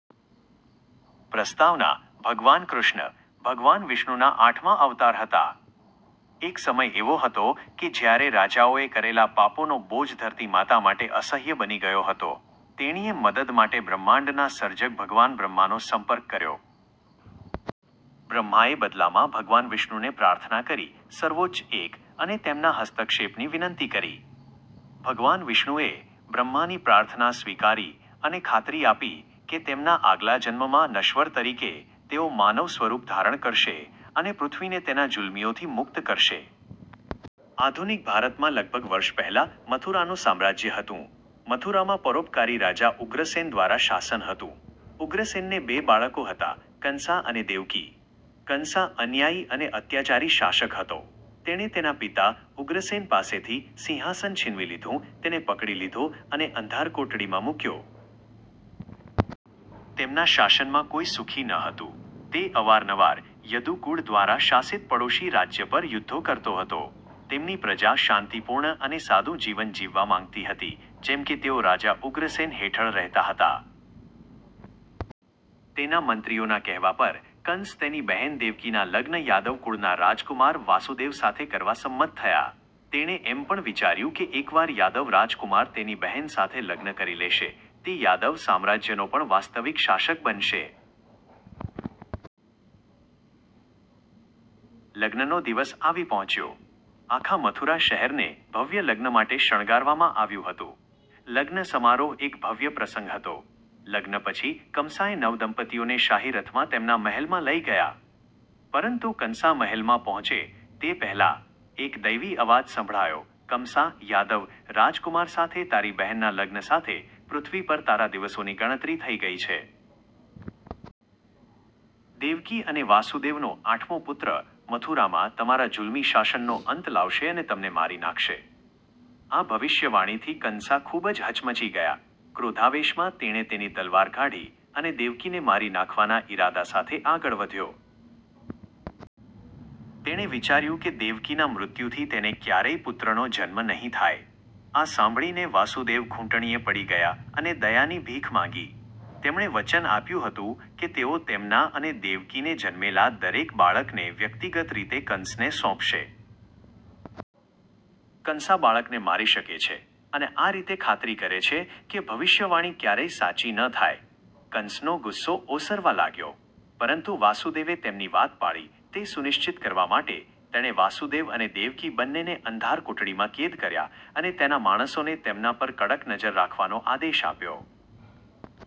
પ્રસ્તાવના: ભગવાન કૃષ્ણ ભગવાન વિષ્ણુના આઠમા અવતાર હતા. એક સમય એવો હતો કે જ્યારે રાજાઓએ કરેલા પાપોનો બોજ ધરતી માતા માટે અસહ્ય બની ગયો હતો. તેણીએ મદદ માટે બ્રહ્માંડના સર્જક ભગવાન બ્રહ્માનો સંપર્ક કર્યો. બ્રહ્માએ બદલામાં ભગવાન વિષ્ણુને પ્રાર્થના કરી, સર્વોચ્ચ એક, અને તેમના હસ્તક્ષેપની વિનંતી કરી. ભગવાન વિષ્ણુએ બ્રહ્માની પ્રાર્થના સ્વીકારી અને ખાતરી આપી કે તેમના આગલા જન્મમાં નશ્વર તરીકે તેઓ માનવ સ્વરૂપ ધારણ કરશે અને પૃથ્વીને તેના જુલમીઓથી મુક્ત કરશે. આધુનિક ભારતમાં લગભગ વર્ષ પહેલાં, મથુરાનું સામ્રાજ્ય હતું. મથુરામાં પરોપકારી રાજા ઉગ્રસેન દ્વારા શાસન હતું. ઉગ્રસેનને બે બાળકો હતા, કંસા અને દેવકી. કંસા અન્યાયી અને અત્યાચારી શાસક હતો. તેણે તેના પિતા ઉગ્રસેન પાસેથી સિંહાસન છીનવી લીધું, તેને પકડી લીધો અને અંધારકોટડીમાં મૂક્યો. તેમના શાસનમાં કોઈ સુખી ન હતું. તે અવારનવાર યદુ કુળ દ્વારા શાસિત પડોશી રાજ્ય પર યુદ્ધો કરતો હતો. તેમની પ્રજા શાંતિપૂર્ણ અને સાદું જીવન જીવવા માંગતી હતી, જેમ કે તેઓ રાજા ઉગ્રસેન હેઠળ રહેતા હતા. તેના મંત્રીઓના કહેવા પર, કંસ તેની બહેન દેવકીના લગ્ન યાદવ કુળના રાજકુમાર – વાસુદેવ સાથે કરવા સંમત થયા. તેણે એમ પણ વિચાર્યું કે એકવાર યાદવ રાજકુમાર તેની બહેન સાથે લગ્ન કરી લેશે, તે યાદવ સામ્રાજ્યનો પણ વાસ્તવિક શાસક બનશે. લગ્નનો દિવસ આવી પહોંચ્યો. આખા મથુરા શહેરને ભવ્ય લગ્ન માટે શણગારવામાં આવ્યું હતું. લગ્ન સમારોહ એક ભવ્ય પ્રસંગ હતો. લગ્ન પછી, કમસાએ નવદંપતીઓને શાહી રથમાં તેમના મહેલમાં લઈ ગયા. પરંતુ કંસા મહેલમાં પહોંચે તે પહેલાં એક દૈવી અવાજ સંભળાયો, કમસા, યાદવ રાજકુમાર સાથે તારી બહેનના લગ્ન સાથે, પૃથ્વી પર તારા દિવસોની ગણતરી થઈ ગઈ છે. દેવકી અને વાસુદેવનો આઠમો પુત્ર મથુરામાં તમારા જુલમી શાસનનો અંત લાવશે અને તમને મારી નાખશે. આ ભવિષ્યવાણીથી કંસા ખૂબ જ હચમચી ગયા. ક્રોધાવેશમાં, તેણે તેની તલવાર કાઢી, અને દેવકીને મારી નાખવાના ઇરાદા સાથે આગળ વધ્યો. તેણે વિચાર્યું કે દેવકીના મૃત્યુથી તેને ક્યારેય પુત્રનો જન્મ નહીં થાય. આ સાંભળીને વાસુદેવ ઘૂંટણિયે પડી ગયા અને દયાની ભીખ માંગી. તેમણે વચન આપ્યું હતું કે તેઓ તેમના અને દેવકીને જન્મેલા દરેક બાળકને વ્યક્તિગત રીતે કંસને સોંપશે. કંસા બાળકને મારી શકે છે અને આ રીતે ખાતરી કરે છે કે ભવિષ્યવાણી ક્યારેય સાચી ન થાય. કંસનો ગુસ્સો ઓસરવા લાગ્યો. પરંતુ વાસુદેવે તેમની વાત પાળી તે સુનિશ્ચિત કરવા માટે, તેણે વાસુદેવ અને દેવકી બંનેને અંધારકોટડીમાં કેદ કર્યા અને તેના માણસોને તેમના પર કડક નજર રાખવાનો આદેશ આપ્યો.